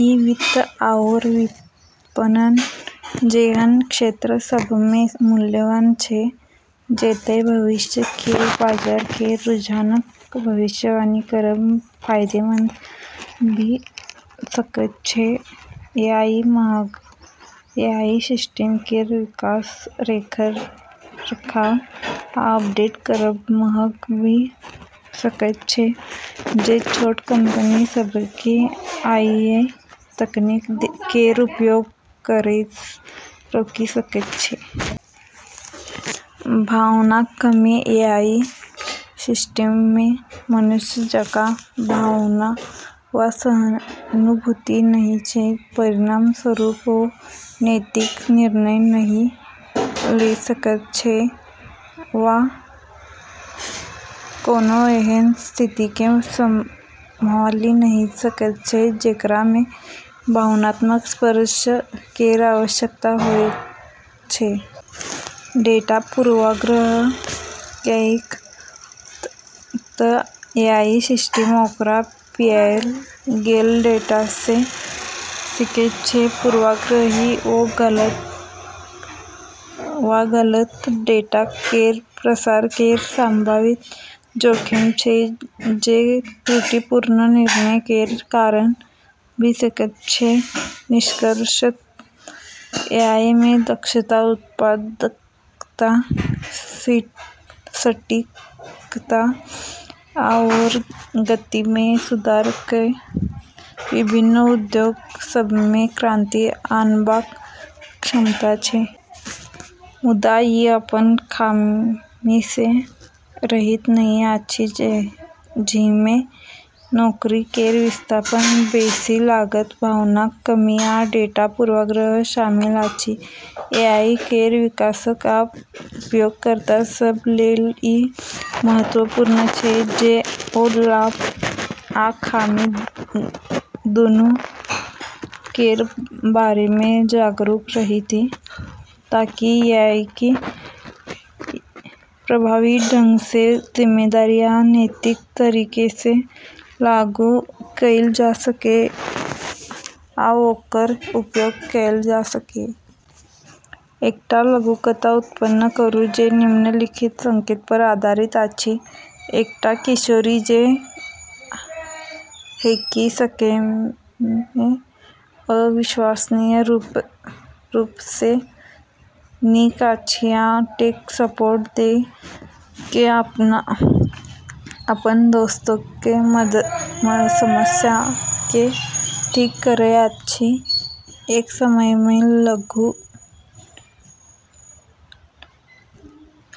ई वित्त आओर विपणन जेहन क्षेत्र सभमे मूल्यवान छै, जतए भविष्य केर बाजार केर रुझानक भविष्यवाणी करब फायदेमंद भऽ सकैत छै। ए.आई. महग: एआई सिस्टम केर विकास, रखरखाव आ अपडेट करब महग भऽ सकैत छै, जे छोट कंपनी सभकेँ एआई तकनीक केर उपयोग करैसँ रोकि सकैत छै। भावनाक कमी: एआई सिस्टममे मनुष्य जकाँ भावना वा सहानुभूति नहि छै। परिणामस्वरूप, ओ नैतिक निर्णय नहि लऽ सकैत छै वा कोनो एहन स्थितिकेँ सम्हालि नहि सकैत छै, जेकरामे भावनात्मक स्पर्श केर आवश्यकता होइत छै। डेटा पूर्वाग्रह: किऐक तऽ एआई सिस्टम ओकरा पियाएल गेल डेटासँ सीखैत छै, पूर्वाग्रही वा गलत डेटा केर प्रसार केर संभावित जोखिम छै, जे त्रुटिपूर्ण निर्णय केर कारण भऽ सकैत छै। निष्कर्षतः एआईमे दक्षता, उत्पादकता, सटीकता, आओर गतिमे सुधार कऽ विभिन्न उद्योग सभमे क्रांति आनबाक क्षमता छै। मुदा, ई अपन खामीसँ रहित नहि अछि, जाहिमे नौकरी केर विस्थापन, बेसी लागत, भावनाक कमी, आ डेटा पूर्वाग्रह शामिल अछि। एआई केर विकासक आ उपयोगकर्ता सभ लेल ई महत्वपूर्ण छै जे ओ लाभ आ खामी दूनू केर बारेमे जागरूक रहथि, ताकि एआईकेँ प्रभावी ढंगसँ जिम्मेदार आ नैतिक तरीकासँ लागू कएल जा सकए आ ओकर उपयोग कएल जा सकए। एकटा लघुकथा उत्पन्न करू जे निम्नलिखित संकेतपर आधारित अछि - एकटा किशोरी, जे हैकी-सैकमे अविश्वसनीय रूपसँ नीक अछि आ टेक सपोर्ट दऽ कऽ अपन दोस्तक समस्याकेँ ठीक करैत अछि। एक समयमे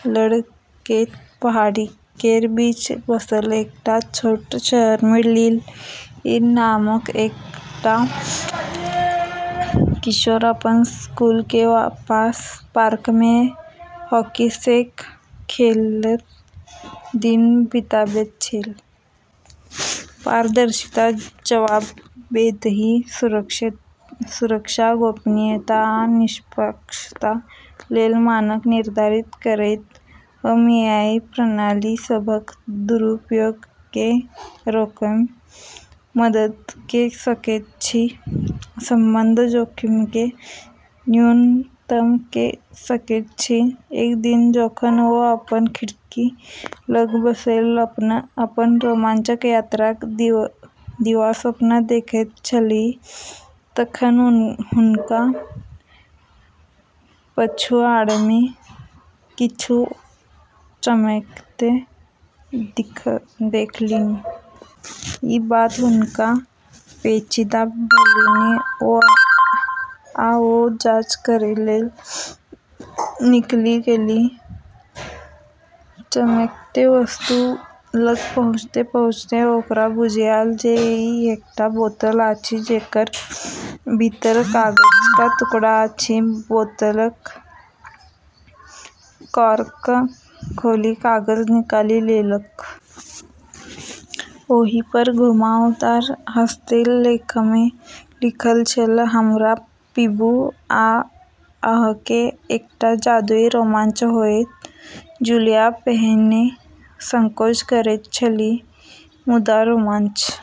लुढ़कैत पहाड़ी केर बीच बसल एकटा छोट शहरमे लिली नामक एकटा किशोरी अपन स्कूलक पास पार्कमे हैकी-सैक खेलैत दिन बिताबैत छल। पारदर्शिता, जवाबदेही, सुरक्षा, गोपनीयता, आ निष्पक्षता लेल मानक निर्धारित करैत, हम एआई प्रणाली सभक दुरुपयोगकेँ रोकैमे मदद कऽ सकैत छी, सम्बद्ध जोखिमकेँ न्यूनतम कऽ सकैत छी। एक दिन जखन ओ अपन खिड़की लग बैसल अपन रोमांचक यात्राक दिवास्वप्न देखैत छलीह तखन हुनका पछुआड़मे किछु चमकैत देखलनि। ई बात हुनका पेचीदा भेलनि आ ओ जांच करै लेल निकलि गेलीह। चमकैत वस्तु लग पहुँचैत-पहुँचैत ओकरा बुझायल जे ई एकटा बोतल अछि जकर भीतर कागजक टुकड़ा अछि। बोतलक कॉर्क खोलि कागज निकालि लेलक। ओहिपर घुमावदार हस्तलेखमे लिखल छल, "हमरा पीबू आ अहाँकेँ एकटा जादुई रोमांच होयत।" जूलिया पहिने संकोच करैत छलीह, मुदा रोमांच।